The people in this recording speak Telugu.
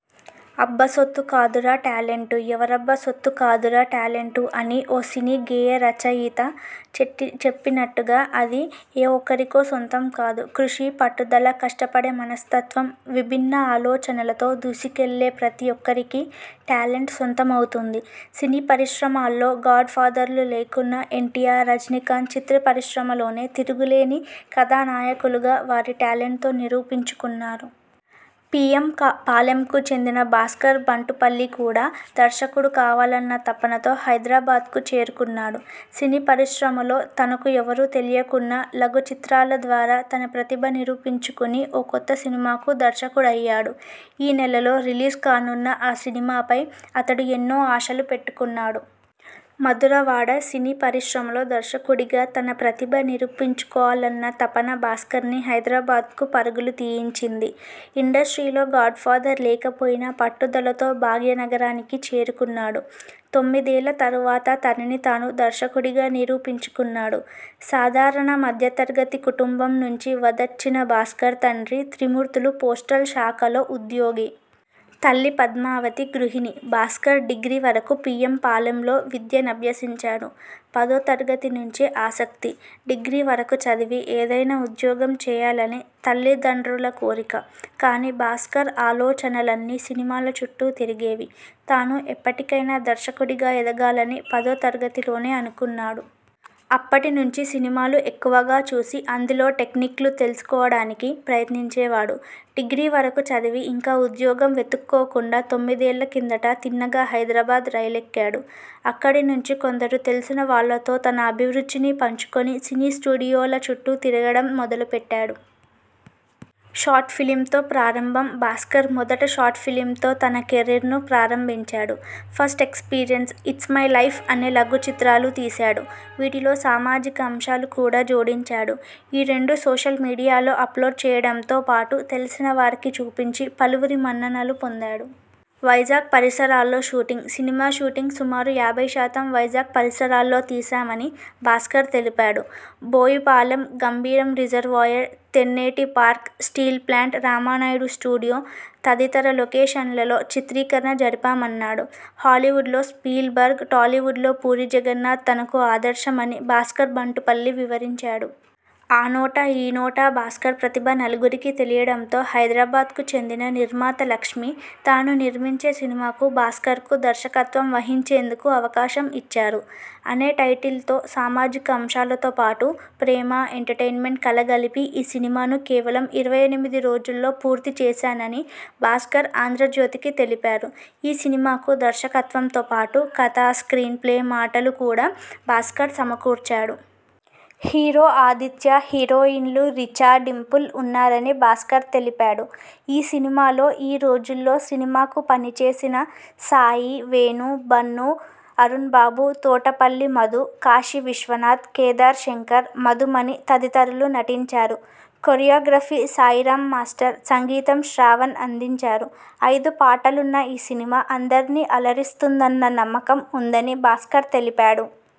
అబ్బ సొత్తు కాదురా టాలెంటు.. ఎవరబ్బ సొత్తు కాదురా టాలెంటూ అని ఓ సినీ గేయ రచయత చెప్పినట్టుగా అది ఏ ఒకరికో సొంతం కాదు. కృషి, పట్టుదల, కష్టపడే మనస్తత్వం, విభిన్న ఆలోచనలతో దూసుకెళ్లే ప్రతి ఒక్కరికీ టాలెంట్ సొంతమవుతుంది. సినీ పరిశ్రమల్లో గాడ్ ఫాదర్లు లేకున్నా ఎన్టీఆర్, రజినీకాంత్ చిత్ర పరిశ్రమలోనే తిరుగులేని కథానాయకులుగా వారి టాలెంట్తో నిరూపించుకున్నారు. పీఎం పాలెంకు చెందిన భాస్కర్ బంటుపల్లి కూడా దర్శకుడు కావాలన్న తపనతో హైదరాబాద్కు చేరుకున్నాడు. సినీ పరిశ్రమలో తనకు ఎవరూ తెలియకున్నా లఘు చిత్రాల ద్వారా తన ప్రతిభ నిరూపించుకుని ఓ కొత్త సినిమాకు దర్శకుడయ్యాడు. ఈ నెలలో రిలీజ్ కానున్న ఆ సినిమాపై అతడు ఎన్నో ఆశలు పెట్టుకున్నాడు. మధురవాడ సినీ పరిశ్రమలో దర్శకుడిగా తన ప్రతిభ నిరూపించుకోవాలన్న తపన భాస్కర్ని హైదరాబాద్కు పరుగులు తీయించింది. ఇండస్ట్రీలో గాడ్ఫాదర్ లేకపోయినా పట్టుదలతో భాగ్యనగరానికి చేరుకున్నాడు. తొమ్మిదేళ్ల తరువాత తనని తాను దర్శకుడిగా నిరూపించుకున్నాడు. సాధారణ మధ్యతరగతి కుటుంబం నుంచి వదచ్చిన భాస్కర్ తండ్రి త్రిమూర్తులు పోస్టల్ శాఖలో ఉద్యోగి. తల్లి పద్మావతి గృహిణి. భాస్కర్ డిగ్రీ వరకు పీఎం పాలెంలో విద్యనభ్యసించాడు. పదో తరగతి నుంచే ఆసక్తి.. డిగ్రీ వరకూ చదివి ఏదైనా ఉద్యోగం చేయాలని తల్లితండ్రుల కోరిక. కానీ భాస్కర్ ఆలోచనలన్నీ సినిమాల చుట్టూ తిరిగేవి. తాను ఎప్పటికైనా దర్శకుడిగా ఎదగాలని పదో తరగతిలోనే అనుకున్నాడు. అప్పటి నుంచి సినిమాలు ఎక్కువుగా చూసి అందులో టెక్నిక్లు తెలుసుకోడానికి ప్రయత్నించేవాడు. డిగ్రీవరకు చదివి ఇంకా ఉద్యోగం వెతుక్కోకుండా తొమ్మిదేళ్ల కిందట తిన్నగా హైదరాబాద్ రైలెక్కేడు. అక్కడి నుంచి కొందరు తెలిసిన వాళ్లతో తన అభిరుచిని పంచుకొని సినీ స్టూడియోల చుట్టూ తిరగడం మొదలు పెట్టాడు. షార్ట్ ఫిల్మింతో ప్రారంభం భాస్కర్ మొదట షార్ట్ ఫిల్మింతో తన కెరీర్ను ప్రారంభించాడు. First experience, it's my life అనే లఘు చిత్రాలు తీశాడు. వీటిలో సామాజిక అంశాలు కూడా జోడించాడు. ఈ రెండూ సోషల్ మీడియాలో అప్లోడ్ చేయడంతో పాటు తెలిసిన వారికి చూపించి పలువురి మన్ననలు పొందాడు. వైజాగ్ పరిసరాల్లో షూటింగ్.. సినిమా షూటింగ్ సుమారు యాభై శాతం వైజాగ్ పరిసరాల్లో తీశామని భాస్కర్ తెలిపాడు Boyapalem Gambheeram reservoir, Tenneti Park, steel plant, Ramanaidu studio తదితర లొకేషన్లలో చిత్రీకరణ జరిపామన్నాడు. హాలీవుడ్లో స్పీల్ బర్గ్, టాలీవుడ్లో పూరీ జగన్నాథ్ తనకు ఆదర్శమని భాస్కర్ బంటుపల్లి వివరించాడు. ఆనోటా.. ఈనోటా భాస్కర్ ప్రతిభ నలుగురికీ తెలియడంతో హైదరాబాద్కు చెందిన నిర్మాత లక్ష్మి.. తాను నిర్మించే సినిమాకు భాస్కర్కు దర్శకత్వం వహించేందుకు అవకాశం ఇచ్చారు. అనే టైటిల్తో సామాజిక అంశాలతో పాటు ప్రేమ, ఎంటర్టైన్మెంట్ కలగలిపి ఈ సినిమాను కేవలం ఇరవై ఎనిమిది రోజుల్లో పూర్తి చేశానని భాస్కర్ 'ఆంధ్రజ్యోతి'కి తెలిపారు ఈ సినిమాకు దర్శకత్వంతో పాటు కథ, స్ర్కీన్ప్లే, మాటలు కూడా భాస్కర్ సమకూర్చాడు. హీరో ఆదిత్య, హీరోయిన్లు రిచా, డింపుల్ ఉన్నారని భాస్కర్ తెలిపాడు. ఈ సినిమాలో ఈ రోజుల్లో సినిమాకు పనిచేసిన సాయి, వేణు, బన్ను, అరుణ్బాబు, తోటపల్లి మధు, కాశీవిశ్వనాథ్, కేదార్ శంకర్, మధుమణి తదితరులు నటించారు. కొరియాగ్రఫీ సాయిరామ్ మాస్టర్, సంగీతం శ్రావణ్ అందించారు. ఐదు పాటలున్న ఈ సినిమా అందరినీ అలరిస్తుందన్న నమ్మకం ఉందని భాస్కర్ తెలిపాడు.